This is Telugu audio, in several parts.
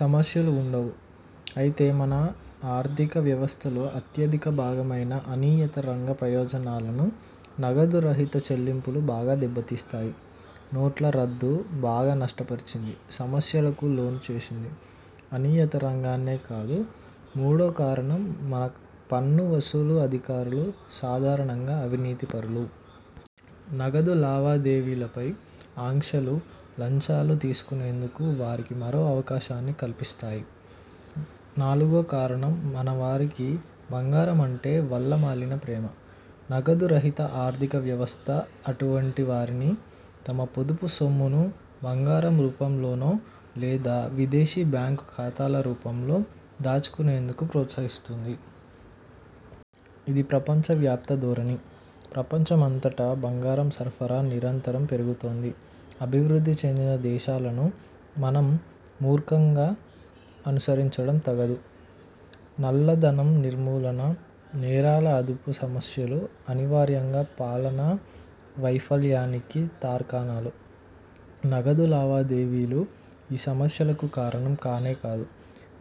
సమస్యలు వుండవు. అయితే మన ఆర్థిక వ్యవస్థలో అత్యధిక భాగమైన అనియత రంగ ప్రయోజనాలను నగదు రహిత చెల్లింపులు బాగా దెబ్బతీస్తాయి. నోట్ల రద్దు బాగా నష్ట పరిచింది, సమస్యలకు లోను చేసింది అనియత రంగాన్నే కాదు. మూడో కారణం మన పన్ను వసూలు అధికారులు సాధారణంగా అవినీతి పరులు. నగదు లావాదేవీల పై ఆంక్షలు లంచాలు తీసుకునేందుకు వారికి మరో అవకాశాన్ని కల్పిస్తాయి. నాలుగో కారణం మన వారికి బంగారం అంటే వల్ల మాలిన ప్రేమ. నగదు రహిత ఆర్థిక వ్యవస్థ అటువంటి వారిని తమ పొదుపు సొమ్మును బంగారం రూపం లోనో లేదా విదేశీ బ్యాంకు ఖాతాల రూపంలో దాచుకొనేందుకు ప్రోత్సహిస్తుంది. ఇది ప్రపంచవ్యాప్త ధోరణి. ప్రపంచమంతటా బంగారం సరఫరా నిరంతరం పెరుగుతోంది. అభివృద్ధి చెందిన దేశాలను మనం మూర్ఖంగా అనుసరించడం తగదు. నల్లధనం నిర్మూలన, నేరాల అదుపు సమస్యలు అనివార్యంగా పాలనా వైఫల్యానికి తార్కాణాలు. నగదు లావాదేవీలు ఈ సమస్యలకు కారణం కానేకాదు.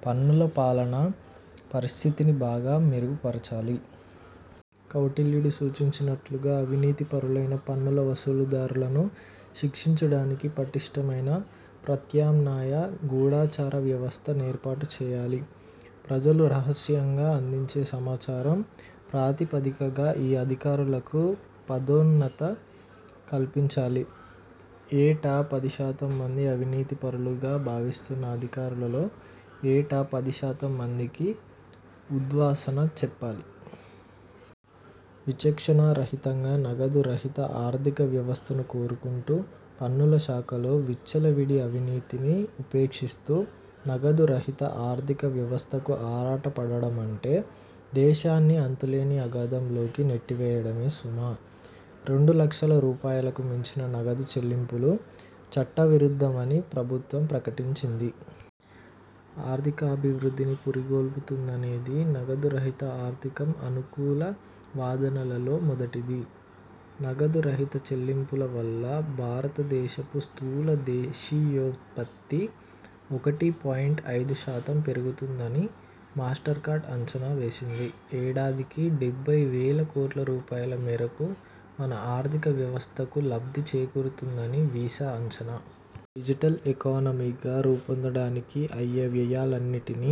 పన్నుల పాలనా పరిస్థితిని బాగా మెరుగు పరచాలి. కౌటిల్యుడు సూచించినట్లుగా అవినీతి పరులైన పన్నుల వసూలుదారులను శిక్షించడానికి పటిష్ఠమైన ప్రత్యామ్నాయ గూఢచార వ్యవస్థ నేర్పాటు చేయాలి ప్రజలు రహస్యంగా అందించే సమాచారం ప్రాతిపదికగా ఈ అధికారులకు పదోన్నత కల్పించాలి. ఏటా పది శాతం మంది అవినీతి పరులుగా భావిస్తున్న అధికారులలో ఏటా పది శాతం మందికి ఉద్వాసన చెప్పాలి. విచక్షణా రహితంగా నగదు రహిత ఆర్థిక వ్యవస్థను కోరుకుంటూ పన్నుల శాఖలో విచ్చలవిడి అవినీతిని ఉపేక్షిస్తూ నగదు రహిత ఆర్థిక వ్యవస్థకు ఆరాట పడడమంటే దేశాన్ని అంతులేని అగాధంలోకి నెట్టివేయడమే సుమా! రెండు లక్షల రూపాయలకు మించిన నగదు చెల్లింపులు చట్ట విరుద్ధమని ప్రభుత్వం ప్రకటించింది. ఆర్థికాభివృద్ధిని పురిగొల్పుతుందనేది నగదు రహిత ఆర్థికం అనుకూల వాదనలలో మొదటిది. నగదురహిత చెల్లింపుల వల్ల భారతదేశపు స్థూల దేశియోత్పత్తి ఒకటి పాయింట్ ఐదు శాతం పెరుగుతుందని మాస్టర్ కార్డ్ అంచనా వేసింది. ఏడాదికి డెబ్బై వేల కోట్ల రూపాయల మేరకు మన ఆర్థిక వ్యవస్థకు లబ్ధి చేకూరుతుందని వీసా అంచనా. డిజిటల్ ఎకాన మీగా రూపొందడానికి అయ్యే వ్యయాలన్నిటినీ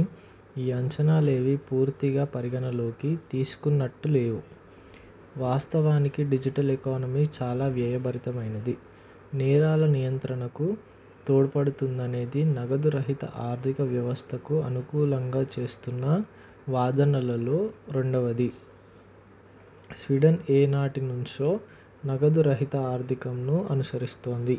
ఈ అంచనాలేవీ పూర్తిగా పరిగణనలోకి తీసుకున్నట్టులేవు. వాస్తవానికి డిజిటల్ ఎకానమీ చాలా వ్యయ భరితమైనది. నేరాల నియంత్రణకు తోడ్పడుతుందనేది నగదు రహిత ఆర్థిక వ్యవస్థకు అనుకూలంగా చేస్తున్న వాదనలలో రెండవది. స్వీడన్ ఏ నాటినుంచో నగదు రహిత ఆర్థికంను అనుసరిస్తోంది.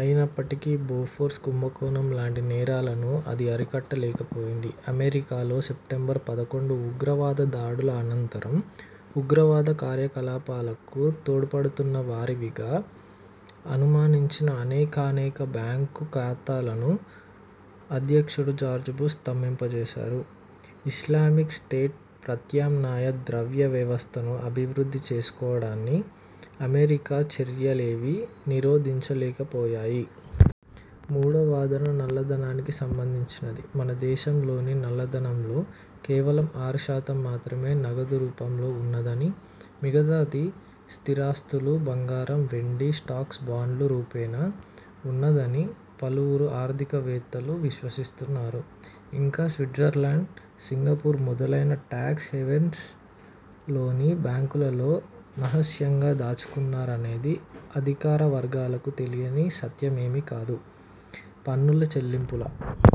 అయినప్పటికీ బోఫోర్స్ కుంభకోణం లాంటి నేరాలను అది అరికట్ట లేకపోయింది. అమెరికాలో సెప్టెంబర్ పదకొండు ఉగ్రవాద దాడుల అనంతరం ఉగ్రవాద కార్యకలాపాలకు తోడ్పడుతున్నవారివిగా అనుమానించిన అనేకానేక బ్యాంకు ఖాతాలను అధ్యక్షుడు జార్జిబుష్ స్తంభింపచేశారు. ఇస్లామిక్ స్టేట్ ప్రత్యామ్నాయ ద్రవ్య వ్యవస్థను అభివృద్ధి చేసుకోవడాన్ని అమెరికా చర్యలేవీ నిరోధించలేకపోయాయి. మూడో వాదన నల్లధనానికి సంబంధించినది. మన దేశంలోని నల్ల ధనంలో కేవలం ఆరు శాతం మాత్రమే నగదు రూపంలో ఉన్నదని, మిగతాది స్థిరాస్థులు, బంగారం, వెండి, స్టాక్స్, బాండ్లు రూపేణా ఉన్నదని పలువురు ఆర్థిక వేత్తలు విశ్వసిస్తున్నారు. ఇంకా స్విట్జర్లాండ్, సింగపూర్ మొదలైన ట్యాక్స్ హేవెన్స్ లోని బ్యాంకులలో నహస్యంగా దాచుకున్నారనేది అధికార వర్గాలకు తెలియని సత్యమేమీ కాదు. పన్నుల చెల్లింపుల